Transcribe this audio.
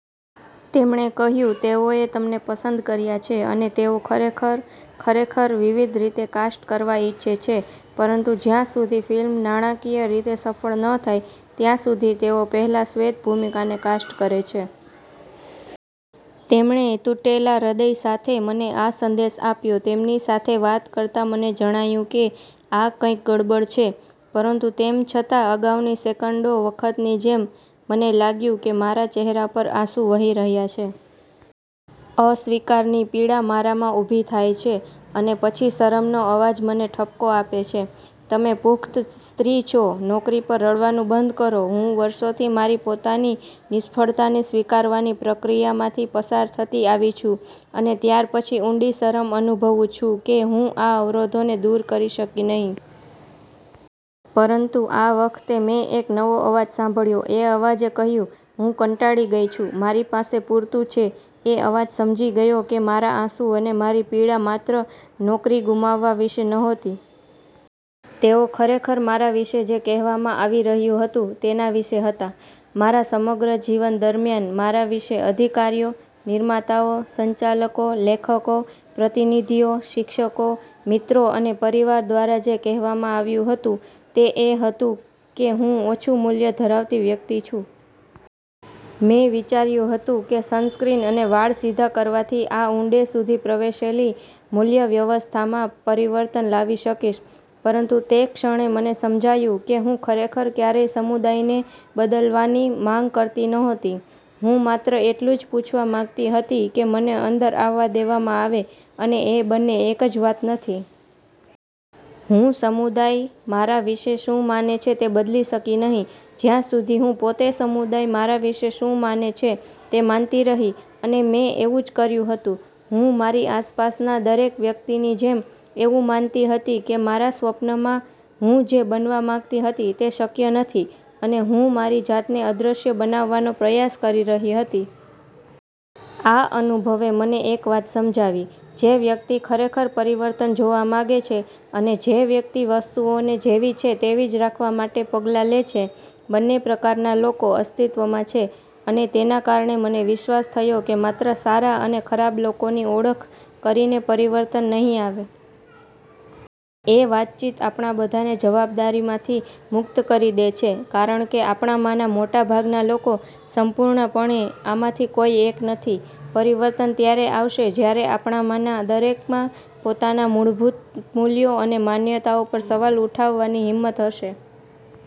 તેમણે કહ્યું, “તેઓએ તમને પસંદ કર્યા છે અને તેઓ ખરેખર, ખરેખર વિવિધ રીતે કાસ્ટ કરવા ઇચ્છે છે, પરંતુ જ્યાં સુધી ફિલ્મ નાણાકીય રીતે સફળ ન થાય ત્યાં સુધી તેઓ પહેલા શ્વેત ભૂમિકાને કાસ્ટ કરે છે.” તેમણે તૂટેલા હૃદય સાથે મને આ સંદેશ આપ્યો. તેમની સાથે વાત કરતાં મને જણાયું કે આ કંઈક ગડબડ છે. પરંતુ તેમ છતાં, અગાઉની સેંકડો વખતની જેમ, મને લાગ્યું કે મારા ચહેરા પર આંસુ વહી રહ્યાં છે. અસ્વીકારની પીડા મારામાં ઊભી થાય છે અને પછી શરમનો અવાજ મને ઠપકો આપે છે, “તમે પુખ્ત સ્ત્રી છો, નોકરી પર રડવાનું બંધ કરો.” હું વર્ષોથી મારી પોતાની નિષ્ફળતાને સ્વીકારવાની પ્રક્રિયામાંથી પસાર થતી આવી છું અને ત્યાર પછી ઊંડી શરમ અનુભવું છું કે હું આ અવરોધોને દૂર કરી શકી નહીં. પરંતુ આ વખતે મેં એક નવો અવાજ સાંભળ્યો. એ અવાજે કહ્યું, “હું કંટાળી ગઈ છું. મારી પાસે પૂરતું છે.” એ અવાજ સમજી ગયો કે મારા આંસુ અને મારી પીડા માત્ર નોકરી ગુમાવવા વિશે નહોતી. તેઓ ખરેખર મારા વિશે જે કહેવામાં આવી રહ્યું હતું તેના વિશે હતાં. મારા સમગ્ર જીવન દરમિયાન મારા વિશે અધિકારીઓ, નિર્માતાઓ, સંચાલકો, લેખકો, પ્રતિનિધિઓ, શિક્ષકો, મિત્રો અને પરિવાર દ્વારા જે કહેવામાં આવ્યું હતું, તે એ હતું કે હું ઓછું મૂલ્ય ધરાવતી વ્યક્તિ છું. મેં વિચાર્યું હતું કે સનસ્ક્રીન અને વાળ સીધા કરવાથી આ ઊંડે સુધી પ્રવેશેલી મૂલ્યવ્યવસ્થામાં પરિવર્તન લાવી શકીશ. પરંતુ તે ક્ષણે મને સમજાયું કે હું ખરેખર ક્યારેય સમુદાયને બદલવાની માંગ કરતી નહોતી. હું માત્ર એટલું જ પૂછવા માંગતી હતી કે મને અંદર આવવા દેવામાં આવે, અને એ બંને એક જ વાત નથી. હું સમુદાય મારા વિશે શું માને છે તે બદલી શકી નહીં, જ્યાં સુધી હું પોતે સમુદાય મારા વિશે શું માને છે તે માનતી રહી. અને મેં એવું જ કર્યું હતું. હું, મારી આસપાસના દરેક વ્યક્તિની જેમ, એવું માનતી હતી કે મારા સ્વપ્નમાં હું જે બનવા માંગતી હતી તે શક્ય નથી, અને હું મારી જાતને અદૃશ્ય બનાવવાનો પ્રયાસ કરી રહી હતી. આ અનુભવે મને એક વાત સમજાવી: જે વ્યક્તિ ખરેખર પરિવર્તન જોવા માંગે છે અને જે વ્યક્તિ વસ્તુઓને જેવી છે તેવી જ રાખવા માટે પગલાં લે છે, બંને પ્રકારના લોકો અસ્તિત્વમાં છે. અને તેના કારણે મને વિશ્વાસ થયો કે માત્ર સારા અને ખરાબ લોકોની ઓળખ કરીને પરિવર્તન નહીં આવે. એ વાતચીત આપણા બધાને જવાબદારીમાંથી મુક્ત કરી દે છે, કારણ કે આપણામાંના મોટાભાગના લોકો સંપૂર્ણપણે આમાંથી કોઈ એક નથી. પરિવર્તન ત્યારે આવશે જ્યારે આપણામાંના દરેકમાં પોતાના મૂળભૂત મૂલ્યો અને માન્યતાઓ પર સવાલ ઉઠાવવાની હિંમત હશે.